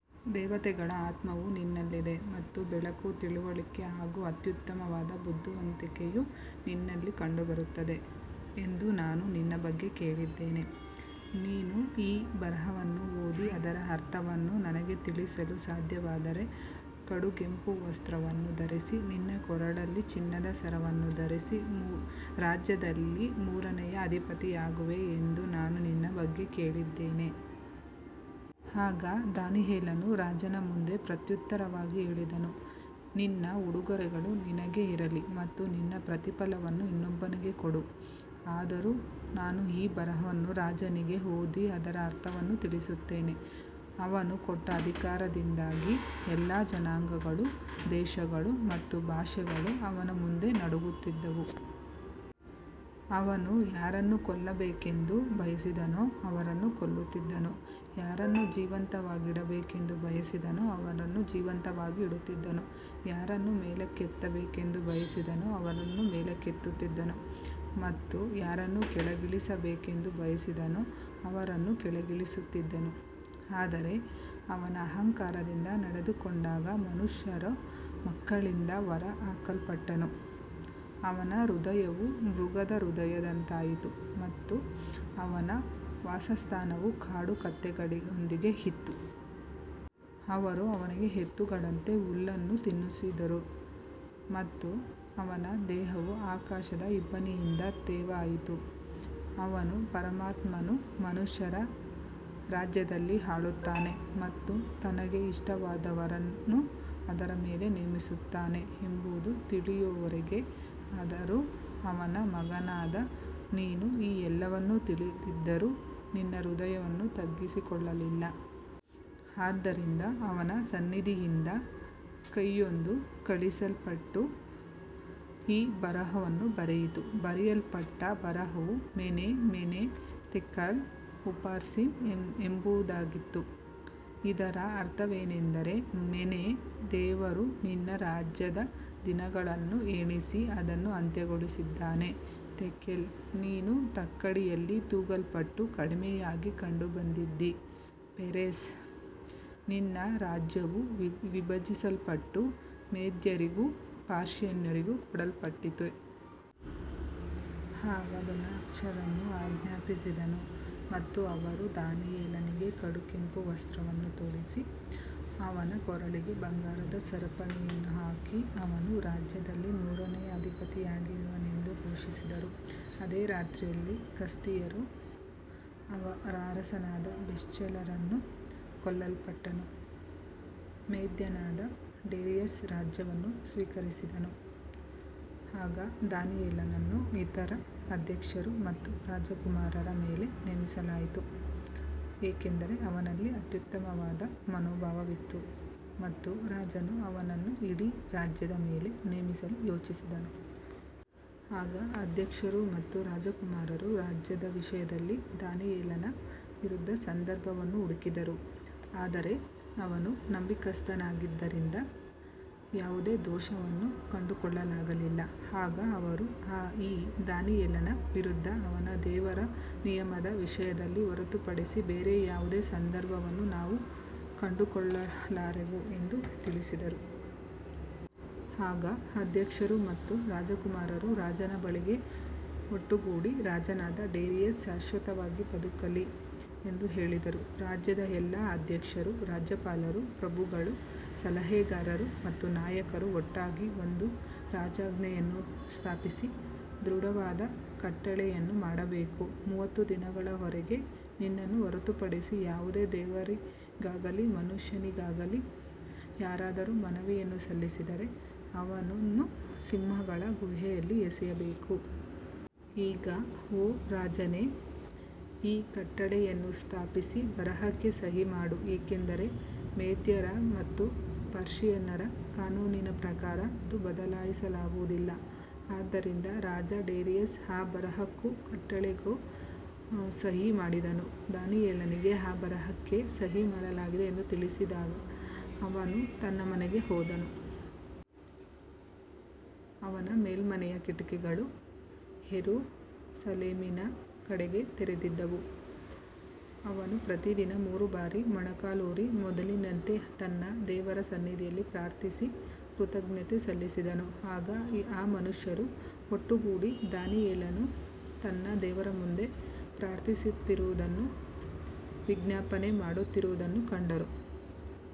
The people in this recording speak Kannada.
ದೇವತೆಗಳ ಆತ್ಮವು ನಿನ್ನಲ್ಲಿದೆ ಮತ್ತು ಬೆಳಕು, ತಿಳುವಳಿಕೆ ಹಾಗೂ ಅತ್ಯುತ್ತಮವಾದ ಬುದ್ಧಿವಂತಿಕೆಯು ನಿನ್ನಲ್ಲಿ ಕಂಡುಬರುತ್ತದೆ ಎಂದು ನಾನು ನಿನ್ನ ಬಗ್ಗೆ ಕೇಳಿದ್ದೇನೆ. ನೀನು ಈ ಬರಹವನ್ನು ಓದಿ ಅದರ ಅರ್ಥವನ್ನು ನನಗೆ ತಿಳಿಸಲು ಸಾಧ್ಯವಾದರೆ, ಕಡುಗೆಂಪು ವಸ್ತ್ರವನ್ನು ಧರಿಸಿ, ನಿನ್ನ ಕೊರಳಲ್ಲಿ ಚಿನ್ನದ ಸರವನ್ನು ಧರಿಸಿ, ರಾಜ್ಯದಲ್ಲಿ ಮೂರನೆಯ ಅಧಿಪತಿಯಾಗುವೆ ಎಂದು ನಾನು ನಿನ್ನ ಬಗ್ಗೆ ಕೇಳಿದ್ದೇನೆ. ಆಗ ದಾನಿಯೇಲನು ರಾಜನ ಮುಂದೆ ಪ್ರತ್ಯುತ್ತರವಾಗಿ ಹೇಳಿದನು, ನಿನ್ನ ಉಡುಗೊರೆಗಳು ನಿನಗೇ ಇರಲಿ ಮತ್ತು ನಿನ್ನ ಪ್ರತಿಫಲವನ್ನು ಇನ್ನೊಬ್ಬನಿಗೆ ಕೊಡು. ಆದರೂ ನಾನು ಈ ಬರಹವನ್ನು ರಾಜನಿಗೆ ಓದಿ ಅದರ ಅರ್ಥವನ್ನು ತಿಳಿಸುತ್ತೇನೆ. ಅವನು ಕೊಟ್ಟ ಅಧಿಕಾರದಿಂದಾಗಿ ಎಲ್ಲಾ ಜನಾಂಗಗಳು, ದೇಶಗಳು ಮತ್ತು ಭಾಷೆಗಳು ಅವನ ಮುಂದೆ ನಡುಗುತ್ತಿದ್ದವು. ಅವನು ಯಾರನ್ನು ಕೊಲ್ಲಬೇಕೆಂದು ಬಯಸಿದನೋ ಅವರನ್ನು ಕೊಲ್ಲುತ್ತಿದ್ದನು, ಯಾರನ್ನು ಜೀವಂತವಾಗಿ ಇಡಬೇಕೆಂದು ಬಯಸಿದನೋ ಅವರನ್ನು ಜೀವಂತವಾಗಿ ಇಡುತ್ತಿದ್ದನು, ಯಾರನ್ನು ಮೇಲಕ್ಕೆತ್ತಬೇಕೆಂದು ಬಯಸಿದನೋ ಅವರನ್ನು ಮೇಲಕ್ಕೆತ್ತುತ್ತಿದ್ದನು ಮತ್ತು ಯಾರನ್ನು ಕೆಳಗಿಳಿಸಬೇಕೆಂದು ಬಯಸಿದನೋ ಅವರನ್ನು ಕೆಳಗಿಳಿಸುತ್ತಿದ್ದನು. ಆದರೆ ಅವನು ಅಹಂಕಾರದಿಂದ ನಡೆದುಕೊಂಡಾಗ ಮನುಷ್ಯರ ಮಕ್ಕಳಿಂದ ಹೊರಹಾಕಲ್ಪಟ್ಟನು. ಅವನ ಹೃದಯವು ಮೃಗದ ಹೃದಯದಂತಾಯಿತು ಮತ್ತು ಅವನ ವಾಸಸ್ಥಾನವು ಕಾಡು ಕತ್ತೆಗಳೊಂದಿಗೆ ಇತ್ತು. ಅವರು ಅವನಿಗೆ ಎತ್ತುಗಳಂತೆ ಹುಲ್ಲನ್ನು ತಿನ್ನಿಸಿದರು ಮತ್ತು ಅವನ ದೇಹವು ಆಕಾಶದ ಇಬ್ಬನಿಯಿಂದ ತೇವವಾಯಿತು, ಅವನು ಪರಮಾತ್ಮನು ಮನುಷ್ಯರ ರಾಜ್ಯದಲ್ಲಿ ಆಳುತ್ತಾನೆ ಮತ್ತು ತನಗೆ ಇಷ್ಟವಾದವರನ್ನು ಅದರ ಮೇಲೆ ನೇಮಿಸುತ್ತಾನೆ ಎಂಬುದನ್ನು ತಿಳಿಯುವವರೆಗೆ. ಆದರೂ ಅವನ ಮಗನಾದ ನೀನು ಈ ಎಲ್ಲವನ್ನೂ ತಿಳಿದಿದ್ದರೂ ನಿನ್ನ ಹೃದಯವನ್ನು ತಗ್ಗಿಸಿಕೊಳ್ಳಲಿಲ್ಲ. ಆದ್ದರಿಂದ ಅವನ ಸನ್ನಿಧಿಯಿಂದ ಕೈಯೊಂದು ಕಳುಹಿಸಲ್ಪಟ್ಟು ಈ ಬರಹವನ್ನು ಬರೆಯಿತು. ಬರೆಯಲ್ಪಟ್ಟ ಬರಹವು ಮೆನೆ, ಮೆನೆ, ತೆಕೆಲ್, ಉಪರ್ಸಿನ್ ಎಂಬುದಾಗಿತ್ತು. ಇದರ ಅರ್ಥವೇನೆಂದರೆ, ಮೆನೆ, ದೇವರು ನಿನ್ನ ರಾಜ್ಯದ ದಿನಗಳನ್ನು ಎಣಿಸಿ ಅದನ್ನು ಅಂತ್ಯಗೊಳಿಸಿದ್ದಾನೆ. ತೆಕೆಲ್, ನೀನು ತಕ್ಕಡಿಯಲ್ಲಿ ತೂಗಲ್ಪಟ್ಟು ಕಡಿಮೆಯಾಗಿ ಕಂಡುಬಂದಿದ್ದೀ. ಪೆರೆಸ್, ನಿನ್ನ ರಾಜ್ಯವು ವಿಭಜಿಸಲ್ಪಟ್ಟು ಮೇದ್ಯರಿಗೂ ಪರ್ಷಿಯನ್ನರಿಗೂ ಕೊಡಲ್ಪಟ್ಟಿದೆ. ಆಗ ಬೇಲ್ಶಚ್ಚರನು ಆಜ್ಞಾಪಿಸಿದನು ಮತ್ತು ಅವರು ದಾನಿಯೇಲನಿಗೆ ಕಡುಗೆಂಪು ವಸ್ತ್ರವನ್ನು ತೊಡಿಸಿ, ಅವನ ಕೊರಳಿಗೆ ಬಂಗಾರದ ಸರಪಣಿಯನ್ನು ಹಾಕಿ, ಅವನು ರಾಜ್ಯದಲ್ಲಿ ಮೂರನೆಯ ಅಧಿಪತಿಯಾಗಿರುವನೆಂದು ಘೋಷಿಸಿದರು. ಅದೇ ರಾತ್ರಿಯಲ್ಲಿ ಕಸ್ದೀಯರ ಅರಸನಾದ ಬೇಲ್ಶಚ್ಚರನು ಕೊಲ್ಲಲ್ಪಟ್ಟನು. ಮೇದ್ಯನಾದ ಡೇರಿಯಸ್ ರಾಜ್ಯವನ್ನು ಸ್ವೀಕರಿಸಿದನು. ಆಗ ದಾನಿಯೇಲನನ್ನು ಇತರ ಅಧ್ಯಕ್ಷರು ಮತ್ತು ರಾಜಕುಮಾರರ ಮೇಲೆ ನೇಮಿಸಲಾಯಿತು, ಏಕೆಂದರೆ ಅವನಲ್ಲಿ ಅತ್ಯುತ್ತಮವಾದ ಮನೋಭಾವವಿತ್ತು ಮತ್ತು ರಾಜನು ಅವನನ್ನು ಇಡೀ ರಾಜ್ಯದ ಮೇಲೆ ನೇಮಿಸಲು ಯೋಚಿಸಿದನು. ಆಗ ಅಧ್ಯಕ್ಷರು ಮತ್ತು ರಾಜಕುಮಾರರು ರಾಜ್ಯದ ವಿಷಯದಲ್ಲಿ ದಾನಿಯೇಲನ ವಿರುದ್ಧ ಸಂದರ್ಭವನ್ನು ಹುಡುಕಿದರು, ಆದರೆ ಅವನು ನಂಬಿಗಸ್ತನಾಗಿದ್ದರಿಂದ ಯಾವುದೇ ದೋಷವನ್ನೂ ಕಂಡುಕೊಳ್ಳಲಾಗಲಿಲ್ಲ. ಆಗ ಅವರು, ಈ ದಾನಿಯೇಲನ ವಿರುದ್ಧ ಅವನ ದೇವರ ನಿಯಮದ ವಿಷಯದಲ್ಲಿ ಹೊರತುಪಡಿಸಿ ಬೇರೆ ಯಾವುದೇ ಸಂದರ್ಭವನ್ನು ನಾವು ಕಂಡುಕೊಳ್ಳಲಾರೆವು ಎಂದು ಹೇಳಿದರು. ಆಗ ಅಧ್ಯಕ್ಷರು ಮತ್ತು ರಾಜಕುಮಾರರು ರಾಜನ ಬಳಿಗೆ ಒಟ್ಟುಗೂಡಿ, ರಾಜನಾದ ಡೇರಿಯಸ್ ಶಾಶ್ವತವಾಗಿ ಬದುಕಲಿ ಎಂದು ಹೇಳಿದರು. ರಾಜ್ಯದ ಎಲ್ಲಾ ಅಧ್ಯಕ್ಷರು, ರಾಜ್ಯಪಾಲರು, ಪ್ರಭುಗಳು, ಸಲಹೆಗಾರರು ಮತ್ತು ನಾಯಕರು ಒಟ್ಟಾಗಿ ಒಂದು ರಾಜಾಜ್ಞೆಯನ್ನು ಸ್ಥಾಪಿಸಿ, ದೃಢವಾದ ಕಟ್ಟಳೆಯನ್ನು ಮಾಡಬೇಕು. ಮೂವತ್ತು ದಿನಗಳವರೆಗೆ ನಿನ್ನನ್ನು ಹೊರತುಪಡಿಸಿ ಯಾವುದೇ ದೇವರಿಗಾಗಲಿ ಮನುಷ್ಯನಿಗಾಗಲಿ ಯಾರಾದರೂ ಮನವಿಯನ್ನು ಸಲ್ಲಿಸಿದರೆ, ಅವನನ್ನು ಸಿಂಹಗಳ ಗುಹೆಯಲ್ಲಿ ಎಸೆಯಬೇಕು. ಈಗ ಓ ರಾಜನೇ, ಈ ಕಟ್ಟಳೆಯನ್ನು ಸ್ಥಾಪಿಸಿ ಬರಹಕ್ಕೆ ಸಹಿ ಮಾಡು, ಏಕೆಂದರೆ ಮೇದ್ಯರ ಮತ್ತು ಪರ್ಷಿಯನ್ನರ ಕಾನೂನಿನ ಪ್ರಕಾರ ಅದು ಬದಲಾಯಿಸಲಾಗುವುದಿಲ್ಲ. ಆದ್ದರಿಂದ ರಾಜ ಡೇರಿಯಸ್ ಆ ಬರಹಕ್ಕೂ ಕಟ್ಟಳೆಗೂ ಸಹಿ ಮಾಡಿದನು. ದಾನಿಯೇಲನಿಗೆ ಆ ಬರಹಕ್ಕೆ ಸಹಿ ಮಾಡಲಾಗಿದೆ ಎಂದು ತಿಳಿದಾಗ, ಅವನು ತನ್ನ ಮನೆಗೆ ಹೋದನು. ಅವನ ಮೇಲ್ಮನೆಯ ಕಿಟಕಿಗಳು ಯೆರೂಸಲೇಮಿನ ಕಡೆಗೆ ತೆರೆದಿದ್ದವು. ಅವನು ಪ್ರತಿದಿನ ಮೂರು ಬಾರಿ ಮೊಣಕಾಲೂರಿ, ಮೊದಲಿನಂತೆ ತನ್ನ ದೇವರ ಸನ್ನಿಧಿಯಲ್ಲಿ ಪ್ರಾರ್ಥಿಸಿ ಕೃತಜ್ಞತೆ ಸಲ್ಲಿಸಿದನು. ಆಗ ಆ ಮನುಷ್ಯರು ಒಟ್ಟುಗೂಡಿ ದಾನಿಯೇಲನು ತನ್ನ ದೇವರ ಮುಂದೆ ಪ್ರಾರ್ಥಿಸುತ್ತಿರುವುದನ್ನೂ ವಿಜ್ಞಾಪನೆ ಮಾಡುತ್ತಿರುವುದನ್ನೂ ಕಂಡರು.